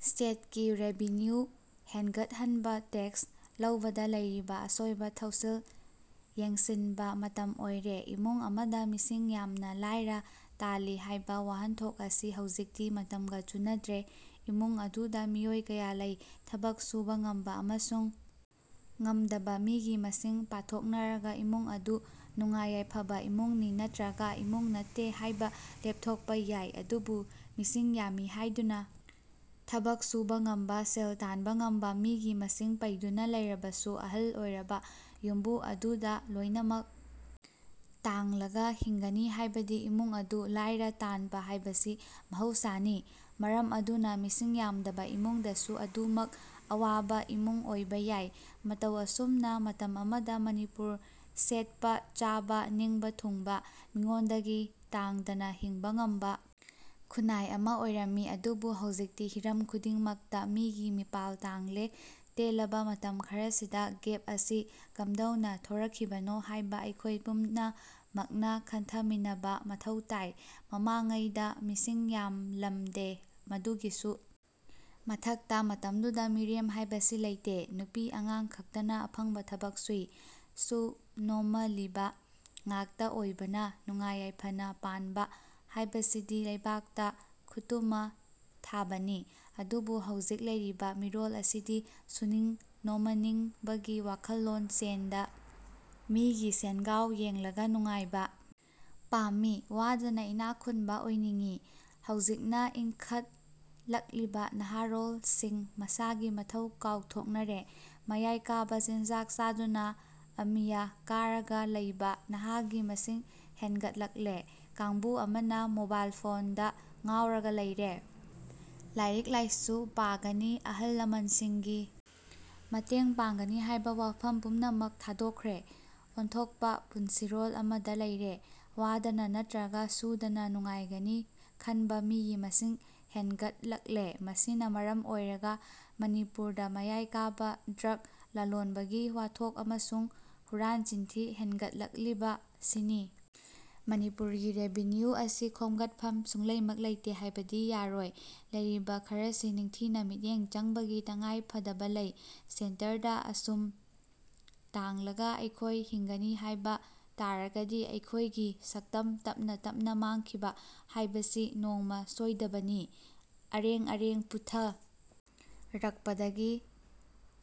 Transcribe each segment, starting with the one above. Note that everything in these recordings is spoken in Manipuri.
ꯁ꯭ꯇꯦꯠꯒꯤ ꯔꯦꯚꯤꯅ꯭ꯌꯨ ꯍꯦꯟꯒꯠ ꯍꯟꯕ ꯇꯦꯛꯁ ꯂꯧꯕꯗ ꯂꯩꯔꯤꯕ ꯑꯁꯣꯏꯕ ꯊꯧꯁꯤꯜ ꯌꯦꯡꯁꯤꯟꯕ ꯃꯇꯝ ꯑꯣꯏꯔꯦ꯫ ꯏꯃꯨꯡ ꯑꯃꯗ ꯃꯤꯁꯤꯡ ꯌꯥꯝꯅ ꯂꯥꯏꯔ ꯇꯥꯜꯂꯤ ꯍꯥꯏꯕ ꯋꯥꯍꯟꯊꯣꯛ ꯑꯁꯤ ꯍꯧꯖꯤꯛꯇꯤ ꯃꯇꯝꯒ ꯆꯨꯅꯗ꯭ꯔꯦ꯫ ꯏꯃꯨꯡ ꯑꯗꯨꯗ ꯃꯤꯑꯣꯏ ꯀꯌꯥ ꯂꯩ, ꯊꯕꯛ ꯁꯨꯕ ꯉꯝꯕ ꯑꯃꯁꯨꯡ ꯉꯝꯗꯕ ꯃꯤꯒꯤ ꯃꯁꯤꯡ ꯄꯥꯊꯣꯛꯅꯔꯒ ꯏꯃꯨꯡ ꯑꯗꯨ ꯅꯨꯡꯉꯥꯏ-ꯌꯥꯏꯐꯕ ꯏꯃꯨꯡꯅꯤ ꯅꯠꯇ꯭ꯔꯒ ꯏꯃꯨꯡ ꯅꯠꯇꯦ ꯍꯥꯏꯕ ꯂꯦꯞꯊꯣꯛꯄ ꯌꯥꯏ꯫ ꯑꯗꯨꯕꯨ ꯃꯤꯁꯤꯡ ꯌꯥꯝꯃꯤ ꯍꯥꯏꯗꯨꯅ ꯊꯕꯛ ꯁꯨꯕ ꯉꯝꯕ, ꯁꯦꯜ ꯇꯥꯟꯕ ꯉꯝꯕ ꯃꯤꯒꯤ ꯃꯁꯤꯡ ꯄꯩꯗꯨꯅ ꯂꯩꯔꯕꯁꯨ ꯑꯍꯜ ꯑꯣꯏꯔꯕ ꯌꯨꯝꯕꯨ ꯑꯗꯨꯗ ꯂꯣꯏꯅꯃꯛ ꯇꯥꯡꯂꯒ ꯍꯤꯡꯒꯅꯤ ꯍꯥꯏꯕꯗꯤ ꯏꯃꯨꯡ ꯑꯗꯨ ꯂꯥꯏꯔ ꯇꯥꯟꯕ ꯍꯥꯏꯕꯁꯤ ꯃꯍꯧ ꯁꯥꯅꯤ꯫ ꯃꯔꯝ ꯑꯗꯨꯅ ꯃꯤꯁꯤꯡ ꯌꯥꯝꯗꯕ ꯏꯃꯨꯡ ꯗꯁꯨ ꯑꯗꯨꯃꯛ ꯑꯋꯥꯕ ꯏꯃꯨꯡ ꯑꯣꯏꯕ ꯌꯥꯏ꯫ ꯃꯇꯧ ꯑꯁꯨꯝꯅ ꯃꯇꯝ ꯑꯃꯗ ꯃꯅꯤꯄꯨꯔ ꯁꯦꯠꯄ-ꯆꯥꯕ ꯅꯤꯡꯕ ꯊꯨꯡꯕ, ꯃꯤꯉꯣꯟꯗꯒꯤ ꯇꯥꯡꯗꯅ ꯍꯤꯡꯕ ꯉꯝꯕ ꯈꯨꯟꯅꯥꯏ ꯑꯃ ꯑꯣꯏꯔꯝꯃꯤ꯫ ꯑꯗꯨꯕꯨ ꯍꯧꯖꯤꯛꯇꯤ ꯍꯤꯔꯝ ꯈꯨꯗꯤꯡ ꯃꯛꯇ ꯃꯤꯒꯤ ꯃꯤꯄꯥꯜ ꯇꯥꯡꯂꯦ꯫ ꯇꯦꯜꯂꯕ ꯃꯇꯝ ꯈꯔꯁꯤꯗ ꯒꯦꯞ ꯑꯁꯤ ꯀꯝꯗꯧꯅ ꯊꯣꯔꯛ ꯈꯤꯕꯅꯣ ꯍꯥꯏꯕ ꯑꯩꯈꯣꯏ ꯄꯨꯝꯅ ꯃꯛꯅ ꯈꯟꯊ ꯃꯤꯟꯅꯕ ꯃꯊꯧ ꯇꯥꯏ꯫ ꯃꯃꯥꯡ ꯉꯩꯗ ꯃꯤꯁꯤꯡ ꯌꯥꯝ ꯂꯝꯗꯦ, ꯃꯗꯨꯒꯤꯁꯨ ꯃꯊꯛꯇ ꯃꯇꯝꯗꯨꯗ ꯃꯤꯔꯦꯝ ꯍꯥꯏꯕꯁꯤ ꯂꯩꯇꯦ꯫ ꯅꯨꯄꯤ ꯑꯉꯥꯡ ꯈꯥꯛꯇꯅ ꯑꯐꯪꯕ ꯊꯕꯛ ꯁꯨꯏ꯫ ꯁꯨ-ꯅꯣꯃꯂꯤꯕ ꯉꯥꯛꯇ ꯑꯣꯏꯕꯅ ꯅꯨꯡꯉꯥꯏ ꯌꯥꯏꯐꯅ ꯄꯥꯟꯕ ꯍꯥꯏꯕꯁꯤꯗꯤ ꯂꯩꯕꯥꯛꯇ ꯈꯨꯠꯇꯨꯃ ꯊꯥꯕꯅꯤ꯫ ꯑꯗꯨꯕꯨ ꯍꯧꯖꯤꯛ ꯂꯩꯔꯤꯕ ꯃꯤꯔꯣꯜ ꯑꯁꯤꯗꯤ ꯁꯨꯅꯤꯡ-ꯅꯣꯃꯅꯤꯡꯕꯒꯤ ꯋꯥꯈꯜꯂꯣꯟ ꯆꯦꯟꯗ, ꯃꯤꯒꯤ ꯁꯦꯟꯒꯥꯎ ꯌꯦꯡꯂꯒ ꯅꯨꯡꯉꯥꯏꯕ ꯄꯥꯝꯃꯤ꯫ ꯋꯥꯗꯅ ꯏꯅꯥꯛ ꯈꯨꯟꯕ ꯑꯣꯏꯅꯤꯡꯏ꯫ ꯍꯧꯖꯤꯛꯅ ꯏꯟꯈꯠ ꯂꯛꯂꯤꯕ ꯅꯍꯥꯔꯣꯜꯁꯤꯡ ꯃꯁꯥꯒꯤ ꯃꯊꯧ ꯀꯥꯎ ꯊꯣꯛꯅꯈ꯭ꯔꯦ꯫ ꯃꯌꯥꯏ ꯀꯥꯕ ꯆꯤꯟꯖꯥꯛ ꯆꯥꯗꯨꯅ ꯑꯃꯤꯌ ꯀꯥꯔꯒ ꯂꯩꯕ ꯅꯍꯥꯒꯤ ꯃꯁꯤꯡ ꯍꯦꯟꯒꯠ ꯂꯛꯂꯦ꯫ ꯀꯥꯡꯕꯨ ꯑꯃꯅ ꯃꯣꯕꯥꯏꯜ ꯐꯣꯟꯗ ꯉꯥꯎꯔꯒ ꯂꯩꯔꯦ꯫ ꯂꯥꯏꯔꯤꯛ-ꯂꯥꯏꯁꯨ ꯄꯥꯒꯅꯤ, ꯑꯍꯜ-ꯂꯃꯟꯁꯤꯡꯒꯤ ꯃꯇꯦꯡ ꯄꯥꯡꯒꯅꯤ ꯍꯥꯏꯕ ꯋꯥꯐꯝ ꯄꯨꯝꯅꯃꯛ ꯊꯥꯗꯣꯛꯈ꯭ꯔꯦ꯫ ꯑꯣꯟꯊꯣꯛꯄ ꯄꯨꯟꯁꯤꯔꯣꯜ ꯑꯃꯗ ꯂꯩꯔꯦ꯫ ꯋꯥꯗꯅ ꯅꯠꯇ꯭ꯔꯒ ꯁꯨꯗꯅ ꯅꯨꯡꯉꯥꯏꯒꯅꯤ ꯈꯟꯕ ꯃꯤꯒꯤ ꯃꯁꯤꯡ ꯍꯦꯟꯒꯠ ꯂꯛꯂꯦ꯫ ꯃꯁꯤꯅ ꯃꯔꯝ ꯑꯣꯏꯔꯒ ꯃꯅꯤꯄꯨꯔꯗ ꯃꯌꯥꯏ ꯀꯥꯕ ꯗ꯭ꯔꯒ ꯂꯂꯣꯟꯕꯒꯤ ꯋꯥꯊꯣꯛ ꯑꯃꯁꯨꯡ ꯍꯨꯔꯥꯟ-ꯆꯤꯟꯊꯤ ꯍꯦꯟꯒꯠ ꯂꯛꯂꯤꯕ ꯁꯤꯅꯤ꯫ ꯃꯅꯤꯄꯨꯔꯒꯤ ꯔꯦꯚꯤꯅ꯭ꯌꯨ ꯑꯁꯤ ꯈꯣꯝꯒꯠꯐꯝ ꯁꯨꯡꯂꯩꯃꯛ ꯂꯩꯇꯦ ꯍꯥꯏꯕꯗꯤ ꯌꯥꯔꯣꯏ꯫ ꯂꯩꯔꯤꯕ ꯈꯔꯁꯤ ꯅꯤꯡꯊꯤꯅ ꯃꯤꯠꯌꯦꯡ ꯆꯪꯕꯒꯤ ꯇꯉꯥꯏ ꯐꯗꯕ ꯂꯩ꯫ ꯁꯦꯟꯇꯔꯗ ꯑꯁꯨꯝ ꯇꯥꯡꯂꯒ ꯑꯩꯈꯣꯏ ꯍꯤꯡꯒꯅꯤ ꯍꯥꯏꯕ ꯇꯥꯔꯒꯗꯤ ꯑꯩꯈꯣꯏꯒꯤ ꯁꯛꯇꯝ ꯇꯞꯅ ꯇꯞꯅ ꯃꯥꯡꯈꯤꯕ ꯍꯥꯏꯕꯁꯤ ꯅꯣꯡꯃ ꯁꯣꯏꯗꯕꯅꯤ꯫ ꯑꯔꯦꯡ-ꯑꯔꯦꯡ ꯄꯨꯠꯊ ꯔꯛꯄꯗꯒꯤ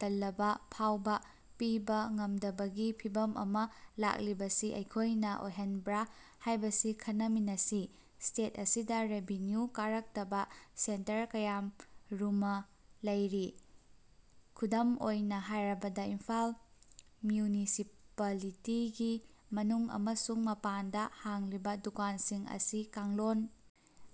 ꯇꯂꯕ ꯐꯥꯎꯕ ꯄꯤꯕ ꯉꯝꯗꯕꯒꯤ ꯐꯤꯚꯝ ꯑꯃ ꯂꯥꯛꯂꯤꯕꯁꯤ ꯑꯩꯈꯣꯏꯅ ꯑꯣꯏꯍꯟꯕ꯭ꯔ ꯍꯥꯏꯕꯁꯤ ꯈꯟꯅ ꯃꯤꯟꯅꯁꯤ꯫ ꯁ꯭ꯇꯦꯠ ꯑꯁꯤꯗ ꯔꯦꯚꯤꯅ꯭ꯌꯨ ꯀꯥꯔꯛꯇꯕ ꯁꯦꯛꯇꯔ ꯀꯌꯥꯝ ꯔꯨꯃ ꯂꯩꯔꯤ꯫ ꯈꯨꯗꯝ ꯑꯣꯏꯅ ꯍꯥꯏꯔꯕꯗ ꯏꯝꯐꯥꯜ ꯃ꯭ꯌꯨꯅꯤꯁꯤꯄꯂꯤꯇꯤꯒꯤ ꯃꯅꯨꯡ ꯑꯃꯁꯨꯡ ꯃꯄꯥꯟꯗ ꯍꯥꯡꯂꯤꯕ ꯗꯨꯀꯥꯟꯁꯤꯡ ꯑꯁꯤ ꯀꯥꯡꯂꯣꯟ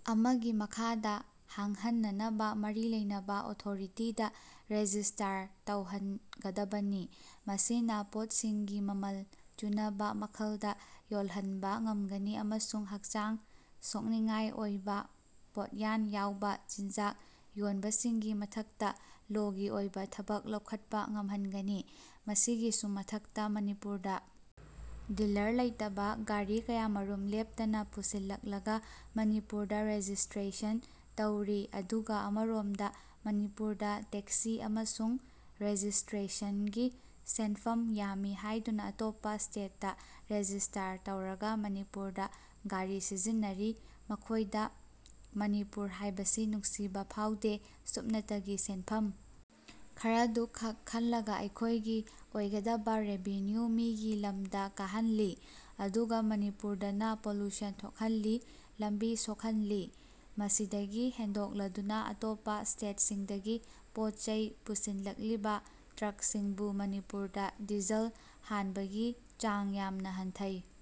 ꯑꯃꯒꯤ ꯃꯈꯥꯗ ꯍꯥꯡꯍꯟꯅꯅꯕ ꯃꯔꯤ ꯂꯩꯅꯕ ꯑꯣꯊꯣꯔꯤꯇꯤꯗ ꯔꯦꯖꯤꯁꯇꯥꯔ ꯇꯧꯍꯟ ꯒꯗꯕꯅꯤ꯫ ꯃꯁꯤꯅ ꯄꯣꯠꯁꯤꯡꯒꯤ ꯃꯃꯜ ꯆꯨꯅꯕ ꯃꯈꯜꯗ ꯌꯣꯜꯍꯟꯕ ꯉꯝꯒꯅꯤ ꯑꯃꯁꯨꯡ ꯍꯛꯆꯥꯡ ꯁꯣꯛꯅꯤꯡꯉꯥꯏ ꯑꯣꯏꯕ, ꯄꯣꯠꯌꯥꯟ ꯌꯥꯎꯕ ꯆꯤꯟꯖꯥꯛ ꯌꯣꯟꯕꯁꯤꯡꯒꯤ ꯃꯊꯛꯇ ꯂꯣꯒꯤ ꯑꯣꯏꯕ ꯊꯕꯛ ꯂꯧꯈꯠꯄ ꯉꯝꯍꯟꯒꯅꯤ꯫ ꯃꯁꯤꯒꯤꯁꯨ ꯃꯊꯛꯇ ꯃꯅꯤꯄꯨꯔꯗ ꯗꯤꯜꯂꯔ ꯂꯩꯇꯕ ꯒꯥꯔꯤ ꯀꯌꯥꯃꯔꯨꯝ ꯂꯦꯞꯇꯅ ꯄꯨꯁꯤꯜ ꯂꯛꯂꯒ ꯃꯅꯤꯄꯨꯔꯗ ꯔꯦꯖꯤꯁꯇ꯭ꯔꯦꯁꯟ ꯇꯧꯔꯤ꯫ ꯑꯗꯨꯒ ꯑꯃꯔꯣꯝꯗ ꯃꯅꯤꯄꯨꯔꯗ ꯇꯦꯛꯁꯤ ꯑꯃꯁꯨꯡ ꯔꯦꯖꯤꯁꯇ꯭ꯔꯦꯁꯟꯒꯤ ꯁꯦꯟꯐꯝ ꯌꯥꯝꯃꯤ ꯍꯥꯏꯗꯨꯅ ꯑꯇꯣꯞꯄ ꯁ꯭ꯇꯦꯠꯇ ꯔꯦꯖꯤꯁꯇꯥꯔ ꯇꯧꯔꯒ ꯃꯅꯤꯄꯨꯔꯗ ꯒꯥꯔꯤ ꯁꯤꯖꯤꯟꯅꯔꯤ꯫ ꯃꯈꯣꯏꯗ ꯃꯅꯤꯄꯨꯔ ꯍꯥꯏꯕꯁꯤ ꯅꯨꯡꯁꯤꯕ ꯐꯥꯎꯗꯦ꯫ ꯁꯨꯞꯅꯇꯒꯤ ꯁꯦꯟꯐꯝ ꯈꯔꯗꯨ ꯈꯛ ꯈꯟꯂꯒ ꯑꯩꯈꯣꯏꯒꯤ ꯑꯣꯏꯒꯗꯕ ꯔꯦꯚꯤꯅ꯭ꯌꯨ ꯃꯤꯒꯤ ꯂꯝꯗ ꯀꯥꯍꯟꯂꯤ꯫ ꯑꯗꯨꯒ ꯃꯅꯤꯄꯨꯔꯗꯅ ꯄꯣꯂꯨꯁꯟ ꯊꯣꯛꯍꯟꯂꯤ, ꯂꯝꯕꯤ ꯁꯣꯛꯍꯟꯂꯤ꯫ ꯃꯁꯤꯗꯒꯤ ꯍꯦꯟꯗꯣꯛꯂꯗꯨꯅ ꯑꯇꯣꯞꯄ ꯁ꯭ꯇꯦꯠꯁꯤꯡꯗꯒꯤ ꯄꯣꯠ-ꯆꯩ ꯄꯨꯁꯤꯟ ꯂꯛꯂꯤꯕ ꯇ꯭ꯔꯛꯁꯤꯡꯕꯨ ꯃꯅꯤꯄꯨꯔꯗ ꯗꯤꯖꯜ ꯍꯥꯟꯕꯒꯤ ꯆꯥꯡ ꯌꯥꯝꯅ ꯍꯟꯊꯩ꯫